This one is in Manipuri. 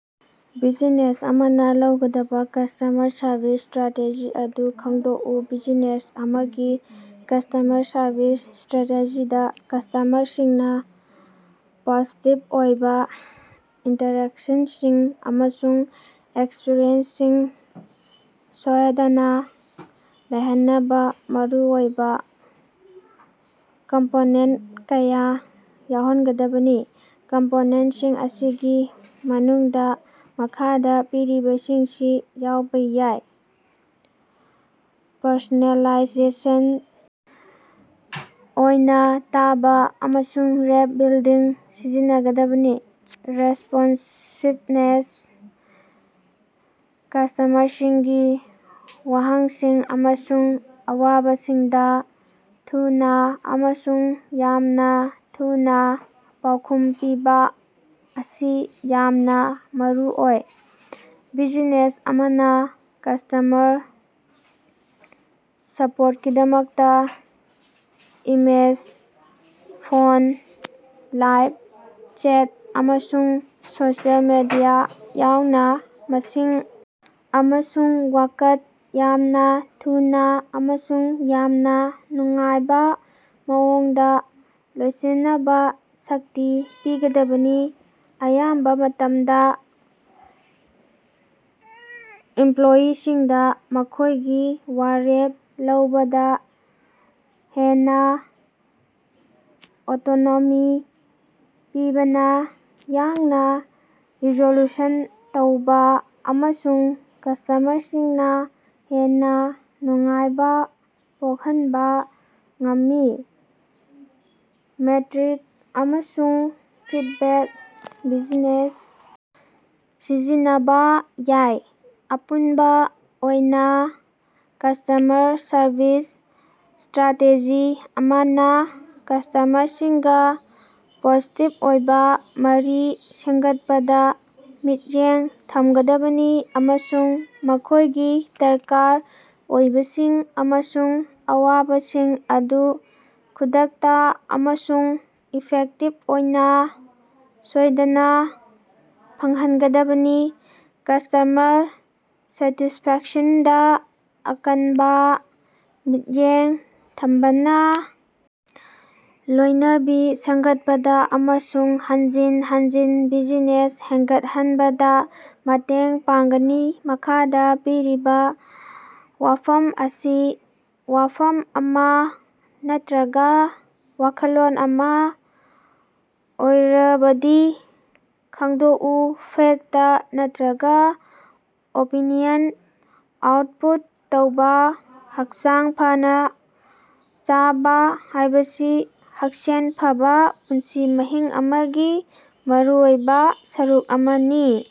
ꯕꯤꯖꯤꯅꯦꯁ ꯑꯃꯅ ꯂꯧꯒꯗꯕ ꯀꯁ꯭ꯇꯃꯔ ꯁꯔꯚꯤꯁ ꯁ꯭ꯇꯔꯥꯇꯦꯖꯤ ꯑꯗꯨ ꯈꯪꯗꯣꯛꯎ꯫ ꯕꯤꯖꯤꯅꯦꯁ ꯑꯃꯒꯤ ꯀꯁ꯭ꯇꯃꯔ ꯁꯔꯚꯤꯁ ꯁ꯭ꯇꯔꯥꯇꯦꯖꯤꯗꯥ ꯀꯁ꯭ꯇꯃꯔꯁꯤꯡꯅꯥ ꯄꯣꯖꯤꯇꯤꯚ ꯑꯣꯏꯕꯥ ꯏꯟꯇꯔꯦꯛꯁꯟꯁꯤꯡ ꯑꯃꯁꯨꯡ ꯑꯦꯛꯁꯄꯤꯔꯤꯑꯦꯟꯁꯁꯤꯡ ꯁꯣꯌꯗꯅꯥ ꯂꯩꯍꯟꯅꯕꯥ ꯃꯔꯨꯑꯣꯏꯕꯥ ꯀꯝꯄꯣꯅꯦꯟꯇ ꯀꯌꯥ ꯌꯥꯎꯍꯟꯒꯗꯕꯅꯤ꯫ ꯀꯝꯄꯣꯅꯦꯟꯇꯁꯤꯡ ꯑꯁꯤꯒꯤ ꯃꯅꯨꯡꯗꯥ ꯃꯈꯥꯗꯥ ꯄꯤꯔꯤꯕꯁꯤꯡꯁꯤ ꯌꯥꯎꯕꯥ ꯌꯥꯏ: ꯄꯔꯁꯣꯅꯦꯂꯥꯏꯖꯦꯁꯟ: ꯑꯣꯏꯅꯥ ꯇꯥꯕꯥ, ꯑꯃꯁꯨꯡ ꯔꯦꯞ ꯕꯤꯜꯗꯤꯡ ꯁꯤꯖꯤꯟꯅꯒꯗꯕꯅꯤ꯫ ꯔꯦꯁꯄꯣꯟꯁꯤꯕꯅꯦꯁ: ꯀꯁ꯭ꯇꯃꯔꯁꯤꯡꯒꯤ ꯋꯥꯍꯪꯁꯤꯡ ꯑꯃꯁꯨꯡ ꯑꯋꯥꯕꯁꯤꯡꯗꯥ ꯊꯨꯅꯥ ꯑꯃꯁꯨꯡ ꯌꯥꯝꯅꯥ ꯊꯨꯅꯥ ꯄꯥꯎꯈꯨꯝ ꯄꯤꯕꯥ ꯑꯁꯤ ꯌꯥꯝꯅꯥ ꯃꯔꯨꯑꯣꯏ꯫ ꯕꯤꯖꯤꯅꯦꯁ ꯑꯃꯅꯥ ꯀꯁ꯭ꯇꯃꯔ ꯁꯄꯣꯔꯇꯀꯤꯗꯃꯛꯇꯥ ꯏꯃꯦꯜ, ꯐꯣꯟ, ꯂꯥꯏꯕ ꯆꯦꯠ, ꯑꯃꯁꯨꯡ ꯁꯣꯁꯤꯑꯦꯜ ꯃꯤꯗꯤꯌꯥ ꯌꯥꯎꯅ ꯃꯁꯤꯡ ꯑꯃꯁꯨꯡ ꯋꯥꯀꯠꯁꯤꯡ ꯌꯥꯝꯅꯥ ꯊꯨꯅꯥ ꯑꯃꯁꯨꯡ ꯌꯥꯝꯅꯥ ꯅꯨꯡꯉꯥꯏꯕꯥ ꯃꯑꯣꯡꯗꯥ ꯂꯣꯏꯁꯤꯟꯅꯕꯥ ꯁꯛꯇꯤ ꯄꯤꯒꯗꯕꯅꯤ꯫ ꯑꯌꯥꯝꯕꯥ ꯃꯇꯃꯗꯥ, ꯏꯝꯄꯂꯣꯌꯤꯁꯤꯡꯗꯥ ꯃꯈꯣꯏꯒꯤ ꯋꯥꯔꯦꯞ ꯂꯧꯕꯗꯥ ꯍꯦꯟꯅꯥ ꯑꯣꯇꯣꯅꯣꯃꯤ ꯄꯤꯕꯅꯥ ꯌꯥꯡꯅꯥ ꯔꯤꯖꯣꯜꯌꯨꯁꯟ ꯇꯧꯕꯥ ꯑꯃꯁꯨꯡ ꯀꯁ꯭ꯇꯃꯔꯁꯤꯡꯅꯥ ꯍꯦꯟꯅꯥ ꯅꯨꯡꯉꯥꯏꯕꯥ ꯄꯣꯀꯍꯅꯕꯥ ꯉꯝꯃꯤ꯫ ꯃꯦꯇꯔꯤꯛ ꯑꯃꯁꯨꯡ ꯐꯤꯗꯕꯦꯛ: ꯕꯤꯖꯤꯅꯦꯁ ꯁꯤꯖꯤꯟꯅꯕꯥ ꯌꯥꯏ꯫ ꯑꯄꯨꯅꯕꯥ ꯑꯣꯏꯅꯥ, ꯀꯁ꯭ꯇꯃꯔ ꯁꯔꯚꯤꯁ ꯁ꯭ꯇꯔꯥꯇꯦꯖꯤ ꯑꯃꯅꯥ ꯀꯁ꯭ꯇꯃꯔꯁꯤꯡꯒꯥ ꯄꯣꯖꯤꯇꯤꯚ ꯑꯣꯏꯕꯥ ꯃꯔꯤ ꯁꯦꯝꯒꯠꯄꯗꯥ ꯃꯤꯠꯌꯦꯡ ꯊꯝꯒꯗꯕꯅꯤ ꯑꯃꯁꯨꯡ ꯃꯈꯣꯏꯒꯤ ꯗꯔꯀꯥꯔ ꯑꯣꯏꯕꯁꯤꯡ ꯑꯃꯁꯨꯡ ꯑꯋꯥꯕꯁꯤꯡ ꯑꯗꯨ ꯈꯨꯗꯛꯇꯥ ꯑꯃꯁꯨꯡ ꯏꯐꯦꯛꯇꯤꯚ ꯑꯣꯏꯅꯥ ꯁꯣꯏꯗꯅꯥ ꯐꯪꯍꯟꯒꯗꯕꯅꯤ꯫ ꯀꯁ꯭ꯇꯃꯔ ꯁꯦꯇꯤꯁꯐꯦꯛꯁꯟꯗꯥ ꯑꯀꯟꯕꯥ ꯃꯤꯠꯌꯦꯡ ꯊꯝꯕꯅꯥ ꯂꯣꯏꯅꯕꯤ ꯁꯦꯝꯒꯠꯄꯗꯥ ꯑꯃꯁꯨꯡ ꯍꯟꯖꯤꯟ ꯍꯟꯖꯤꯟ ꯕꯤꯖꯤꯅꯦꯁ ꯍꯦꯟꯒꯠꯍꯟꯕꯗꯥ ꯃꯇꯦꯡ ꯄꯥꯡꯒꯅꯤ꯫ ꯃꯈꯥꯗꯥ ꯄꯤꯔꯤꯕꯥ ꯋꯥꯐꯝ ꯑꯁꯤ ꯋꯥꯐꯝ ꯑꯃꯥ ꯅꯠꯇꯔꯒꯥ ꯋꯥꯈꯜꯂꯣꯟ ꯑꯃꯥ ꯑꯣꯏꯔꯕꯗꯤ ꯈꯪꯗꯣꯛꯎ꯫ "ꯐꯦꯛꯇ" ꯅꯠꯔꯒꯥ "ꯑꯣꯄꯤꯅꯤꯌꯟ" ꯑꯥꯎꯠꯄꯨꯠ ꯇꯧꯕꯥ꯫ ꯍꯛꯆꯥꯡ ꯐꯅꯥ ꯆꯥꯕꯥ ꯍꯥꯏꯕꯁꯤ ꯍꯛꯁꯦꯜ ꯐꯕꯥ ꯄꯨꯟꯁꯤ ꯃꯍꯤꯡ ꯑꯃꯒꯤ ꯃꯔꯨꯑꯣꯏꯕꯥ ꯁꯔꯨꯛ ꯑꯃꯅꯤ꯫